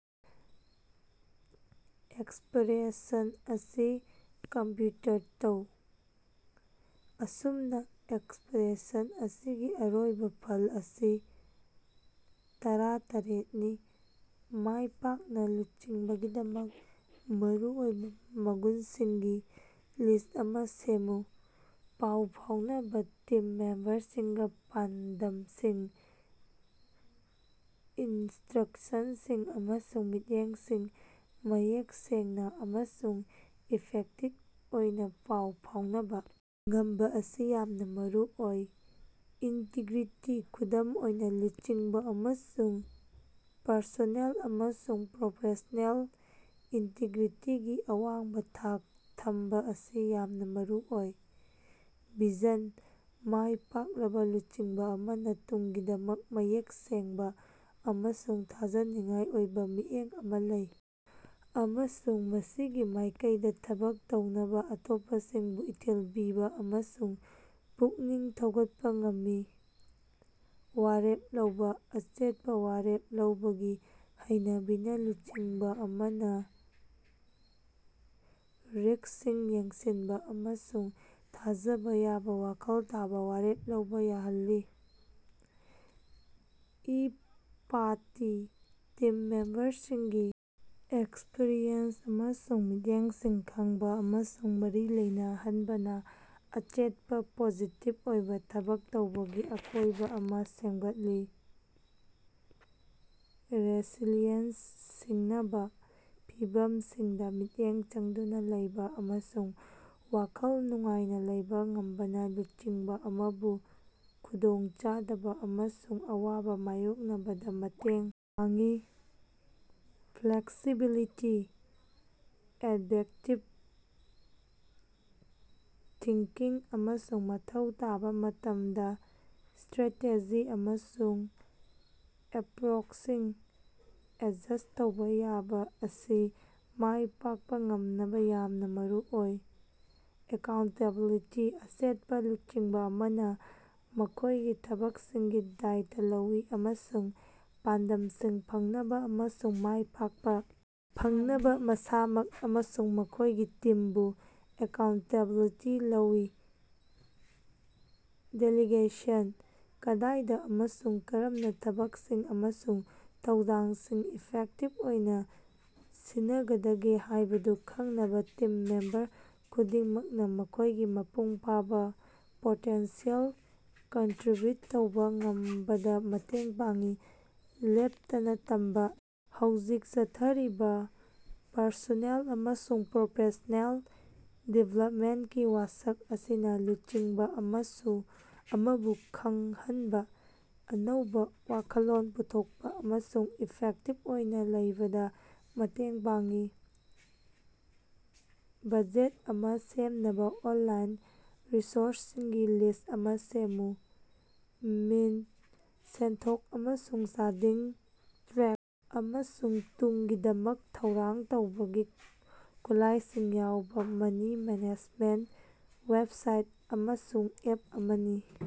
Expression ꯑꯁꯤ computer ꯇꯧ꯫ ꯑꯁꯨꯝꯅ, ꯑꯦꯛꯁꯄ꯭ꯔꯦꯁꯟ ꯑꯁꯤꯒꯤ ꯑꯔꯣꯏꯕ ꯐꯜ ꯑꯁꯤ ꯇꯔꯥꯇꯔ‌ꯦꯠꯅꯤ꯫ ꯃꯥꯏꯄꯥꯛꯅ ꯂꯨꯆꯤꯡꯕꯒꯤꯗꯃꯛ ꯃꯔꯨꯑꯣꯏꯕ ꯃꯒꯨꯟꯁꯤꯡꯒꯤ ꯂꯤꯁ꯭ꯠ ꯑꯃꯥ ꯁꯦꯝꯃꯨ꯫ ꯄꯥꯎ ꯐꯥꯎꯅꯕ: ꯇꯤꯝ ꯃꯦꯝꯕꯔꯁꯤꯡꯒꯥ ꯄꯥꯟꯗꯝꯁꯤꯡ, ꯏꯟꯇ꯭ꯔꯛꯁꯟꯁꯤꯡ ꯑꯃꯁꯨꯡ ꯃꯤꯠꯌꯦꯡꯁꯤꯡ ꯃꯌꯦꯛ ꯁꯦꯡꯅ ꯑꯃꯁꯨꯡ ꯏꯐꯦꯛꯇꯤꯕ ꯑꯣꯏꯅ ꯄꯥꯎ ꯐꯥꯎꯅꯕ ꯉꯝꯕ ꯑꯁꯤ ꯌꯥꯝꯅ ꯃꯔꯨꯑꯣꯏ꯫ ꯏꯟꯇꯤꯒ꯭ꯔꯤꯇꯤ: ꯈꯨꯗꯝ ꯑꯣꯏꯅ ꯂꯨꯆꯤꯡꯕ ꯑꯃꯁꯨꯡ ꯄꯔꯁꯣꯅꯦꯜ ꯑꯃꯁꯨꯡ ꯄ꯭ꯔꯣꯐꯦꯁ꯭ꯅꯦꯜ ꯏꯟꯇꯤꯒ꯭ꯔꯤꯇꯤꯒꯤ ꯑꯋꯥꯡꯕ ꯊꯥꯛ ꯊꯝꯕ ꯑꯁꯤ ꯌꯥꯝꯅ ꯃꯔꯨꯑꯣꯏ꯫ ꯚꯤꯖꯟ: ꯃꯥꯏ ꯄꯥꯛꯂꯕ ꯂꯨꯆꯤꯡꯕ ꯑꯃꯅ ꯇꯨꯡꯒꯤꯗꯃꯛ ꯃꯌꯦꯛ ꯁꯦꯡꯕ ꯑꯃꯁꯨꯡ ꯊꯥꯖꯅꯤꯡꯉꯥꯏ ꯑꯣꯏꯕ ꯃꯤꯠꯌꯦꯡ ꯑꯃꯥ ꯂꯩ, ꯑꯃꯁꯨꯡ ꯃꯁꯤꯒꯤ ꯃꯥꯏꯀꯩꯗ ꯊꯕꯛ ꯇꯧꯅꯕ ꯑꯇꯣꯞꯄꯁꯤꯡꯕꯨ ꯏꯊꯤꯜ ꯄꯤꯕ ꯑꯃꯁꯨꯡ ꯄꯨꯛꯅꯤꯡ ꯊꯧꯒꯠꯄ ꯉꯝꯃꯤ꯫ ꯋꯥꯔꯦꯞ ꯂꯧꯕ: ꯑꯆꯦꯠꯄ ꯋꯥꯔꯦꯞ ꯂꯧꯕꯒꯤ ꯍꯩꯅꯕꯤꯅ ꯂꯨꯆꯤꯡꯕ ꯑꯃꯅ ꯔꯤꯁ꯭ꯛꯁꯤꯡ ꯌꯦꯡꯁꯤꯟꯕ ꯑꯃꯁꯨꯡ ꯊꯥꯖꯕ ꯌꯥꯕ, ꯋꯥꯈꯜ ꯇꯥꯕ ꯋꯥꯔꯦꯞ ꯂꯧꯕ ꯌꯥꯍꯜꯂꯤ꯫ ꯏꯝꯄꯥꯇꯤ: ꯇꯤꯝ ꯃꯦꯝꯕꯔꯁꯤꯡꯒꯤ ꯑꯦꯛꯁꯄꯔꯤꯌꯦꯟꯁ ꯑꯃꯁꯨꯡ ꯃꯤꯠꯌꯦꯡꯁꯤꯡ ꯈꯪꯕ ꯑꯃꯁꯨꯡ ꯃꯔꯤ ꯂꯩꯅꯍꯟꯕꯅ ꯑꯆꯦꯠꯄꯥ, ꯄꯣꯖꯤꯇꯤꯕ ꯑꯣꯏꯕ ꯊꯕꯛ ꯇꯧꯕꯒꯤ ꯑꯀꯣꯏꯕ ꯑꯃꯥ ꯁꯦꯝꯒꯠꯂꯤ꯫ ꯔꯦꯁꯤꯂꯤꯌꯦꯟꯁ: ꯁꯤꯡꯅꯕ ꯐꯤꯚꯝꯁꯤꯡꯗ ꯃꯤꯠꯌꯦꯡ ꯆꯪꯗꯨꯅ ꯂꯩꯕ ꯑꯃꯁꯨꯡ ꯋꯥꯈꯜ ꯅꯨꯡꯉꯥꯏꯅ ꯂꯩꯕ ꯉꯝꯕꯅ ꯂꯨꯆꯤꯡꯕ ꯑꯃꯕꯨ ꯈꯨꯗꯣꯡꯆꯥꯗꯕ ꯑꯃꯁꯨꯡ ꯑꯋꯥꯕ ꯃꯥꯌꯣꯛꯅꯕꯗ ꯃꯇꯦꯡ ꯄꯥꯡꯏ꯫ ꯐ꯭ꯂꯦꯛꯁꯤꯕꯤꯂꯤꯇꯤ: ꯑꯦꯗꯕꯦꯛꯇꯤꯕ ꯊꯤꯡꯀꯤꯡ ꯑꯃꯁꯨꯡ ꯃꯊꯧ ꯇꯥꯕ ꯃꯇꯝꯗ ꯁ꯭ꯇꯔꯦꯇꯦꯖꯤ ꯑꯃꯁꯨꯡ ꯑꯦꯄꯔꯣꯆꯁꯤꯡ ꯑꯦꯗꯖꯁ꯭ꯠ ꯇꯧꯕ ꯌꯥꯕ ꯑꯁꯤ ꯃꯥꯏ ꯄꯥꯛꯄ ꯉꯝꯅꯕ ꯌꯥꯝꯅ ꯃꯔꯨꯑꯣꯏ꯫ ꯑꯦꯀꯥꯎꯟꯇꯦꯕꯤꯂꯤꯇꯤ: ꯑꯆꯦꯠꯄ ꯂꯨꯆꯤꯡꯕ ꯑꯃꯅ ꯃꯈꯣꯏꯒꯤ ꯊꯕꯛꯁꯤꯡꯒꯤ ꯗꯥꯏꯠ ꯂꯧꯏ ꯑꯃꯁꯨꯡ ꯄꯥꯟꯗꯝꯁꯤꯡ ꯐꯪꯅꯕ ꯑꯃꯁꯨꯡ ꯃꯥꯏꯄꯥꯛꯄ ꯐꯪꯅꯕ ꯃꯁꯥꯃꯛ ꯑꯃꯁꯨꯡ ꯃꯈꯣꯏꯒꯤ ꯇꯤꯝꯕꯨ ꯑꯦꯀꯥꯎꯟꯇꯦꯕꯤꯂꯤꯇꯤ ꯂꯧꯏ꯫ ꯗꯦꯂꯤꯒꯦꯁꯟ: ꯀꯗꯥꯏꯗ ꯑꯃꯁꯨꯡ ꯀꯔꯝꯅ ꯊꯕꯛꯁꯤꯡ ꯑꯃꯁꯨꯡ ꯊꯧꯗꯥꯡꯁꯤꯡ ꯏꯐꯦꯛꯇꯤꯕ ꯑꯣꯏꯅ ꯁꯤꯟꯅꯒꯗꯒꯦ ꯍꯥꯏꯕꯗꯨ ꯈꯪꯕꯅ ꯇꯤꯝ ꯃꯦꯝꯕꯔ ꯈꯨꯗꯤꯡꯃꯛꯅ ꯃꯈꯣꯏꯒꯤ ꯃꯄꯨꯡ ꯐꯥꯕ ꯄꯣꯇꯦꯟꯁꯤꯌꯦꯜꯗ ꯀꯟꯇꯔꯤꯕ꯭ꯌꯨꯠ ꯇꯧꯕ ꯉꯝꯕꯗ ꯃꯇꯦꯡ ꯄꯥꯡꯏ꯫ ꯂꯦꯞꯇꯅ ꯇꯝꯕꯥ: ꯍꯧꯖꯤꯛ ꯆꯠꯊꯔꯤꯕ ꯄꯔꯁꯣꯅꯦꯜ ꯑꯃꯁꯨꯡ ꯄ꯭ꯔꯣꯐꯦꯁ꯭ꯅꯦꯜ ꯗꯤꯕꯦꯂꯞꯃꯦꯟꯇꯀꯤ ꯋꯥꯁꯛ ꯑꯁꯤꯅ ꯂꯨꯆꯤꯡꯕ ꯑꯃꯕꯨ ꯈꯪꯍꯟꯕ, ꯑꯅꯧꯕ ꯋꯥꯈꯜꯂꯣꯟ ꯄꯨꯊꯣꯛꯄꯥ ꯑꯃꯁꯨꯡ ꯏꯐꯦꯛꯇꯤꯕ ꯑꯣꯏꯅ ꯂꯩꯕꯗ ꯃꯇꯦꯡ ꯄꯥꯡꯏ꯫ ꯕꯖꯦꯠ ꯑꯃ ꯁꯦꯝꯅꯕ ꯑꯣꯟꯂꯥꯏꯟ ꯔꯤꯁꯣꯔꯁꯁꯤꯡꯒꯤ ꯂꯤꯁ꯭ꯠ ꯑꯃ ꯁꯦꯝꯃꯨ꯫ ꯃꯤꯟꯇ: ꯁꯦꯟꯊꯣꯛ ꯑꯃꯁꯨꯡ ꯆꯥꯗꯤꯡ ꯇ꯭ꯔꯦꯛ ꯑꯃꯁꯨꯡ ꯇꯨꯡꯒꯤꯗꯃꯛ ꯊꯧꯔꯥꯡ ꯇꯧꯕꯒꯤ ꯈꯨꯠꯂꯥꯏꯁꯤꯡ ꯌꯥꯎꯕ ꯃꯅꯤ ꯃꯦꯅꯦꯖꯃꯦꯟꯠ ꯋꯦꯕꯁꯥꯏꯠ ꯑꯃꯁꯨꯡ ꯑꯦꯞ ꯑꯃꯅꯤ꯫